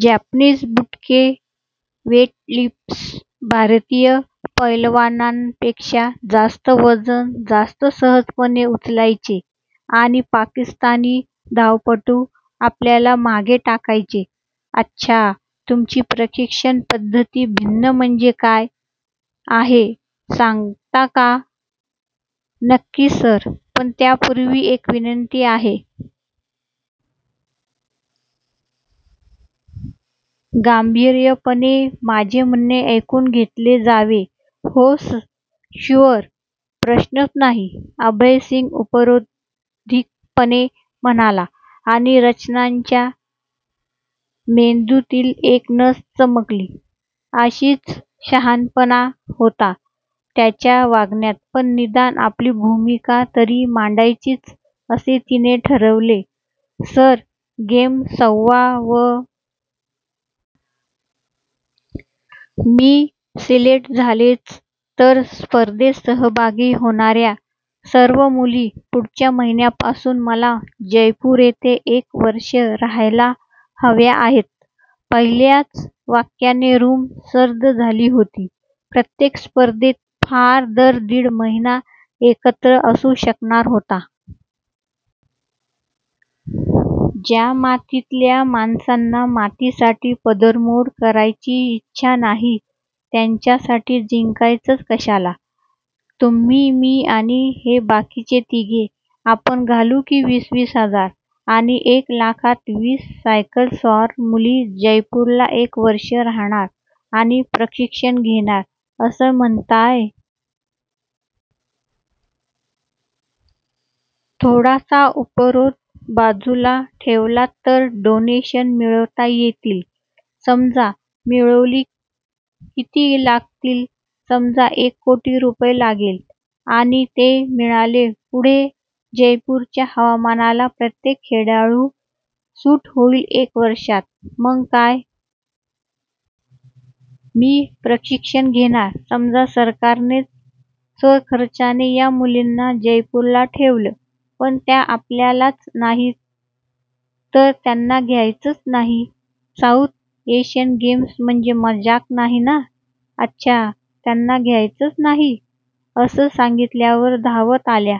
Japanese बुटके weightlifters भारतीय पैलवानांपेक्षा जास्त वजन जास्त सहजपणे उचलायचे आणि पाकिस्तानी धावपटू आपल्याला मागे टाकायचे. "अच्छा, तुमची प्रशिक्षण पद्धती भिन्न म्हणजे काय आहे सांगता का? " "नक्की सर, पण त्यापूर्वी एक विनंती आहे." "गंभीरपणे माझे म्हणणे ऐकून घेतले जावे " "ओह शुअर, प्रश्नच नाही "। अभय सिंग उपरोधिकपणे म्हणाला आणि रचनाच्या मेंदूतील एक नस चमकली अतीच शहाणपणा होता. त्याच्या वागण्यात पण निदान आपली भूमिका तरी मांडायचीच असे तिने ठरवले "सर, गेम्स सव्वा वर्षांनी आहेत. मी सिलेक्ट झालेच, तर स्पर्धेत सहभागी होणार्या सर्व मुली पुढच्या महिन्यापासून मला जयपूर येथे एक वर्ष राहायला हव्या आहेत. " पहिल्याच वाक्याने रूम सर्द झाली होती. प्रत्येक स्पर्धक फार तर दिड महिना एकत्र असू शकणार होता. ज्या मातीतल्या माणसांना मातीसाठी पदरमोड करायची इच्छा नाही. त्यांच्यासाठी जिंकायचं कशाला? तुम्ही मी आणि हे बाकीचे तिघे. आपण घालू की वीस वीस हजार? " "आणि एक लाखात वीस सायकलस्वार मुली जयपूरला एक वर्ष राहणार आणि प्रशिक्षण घेणार असं म्हणताय? "थोडासा उपरोध बाजूला ठेवलात तर डोनेशन्स मिळवता येतील. " "समजा मिळवली. किती लागतील. समजा एक कोटी रुपये लागले. आणि ते मिळाले, पुढे? " "जयपूरच्या हवामानाला प्रत्येक खेळाडू सूट होईल एक वर्षात. " मग काय? मी प्रशिक्षण घेणार, " "समजा सरकारनेच स्वखर्चाने या मुलींना जयपूरला ठेवलं. पण त्या आल्याच नाहीत. " "तर त्यांना घ्यायचंच नाही. साऊथ एशियन गेम्स म्हणजे मजाक नाही ना? " "अच्छा, त्यांना घ्यायचंच नाही. असं सांगितल्यावर धावत आल्या.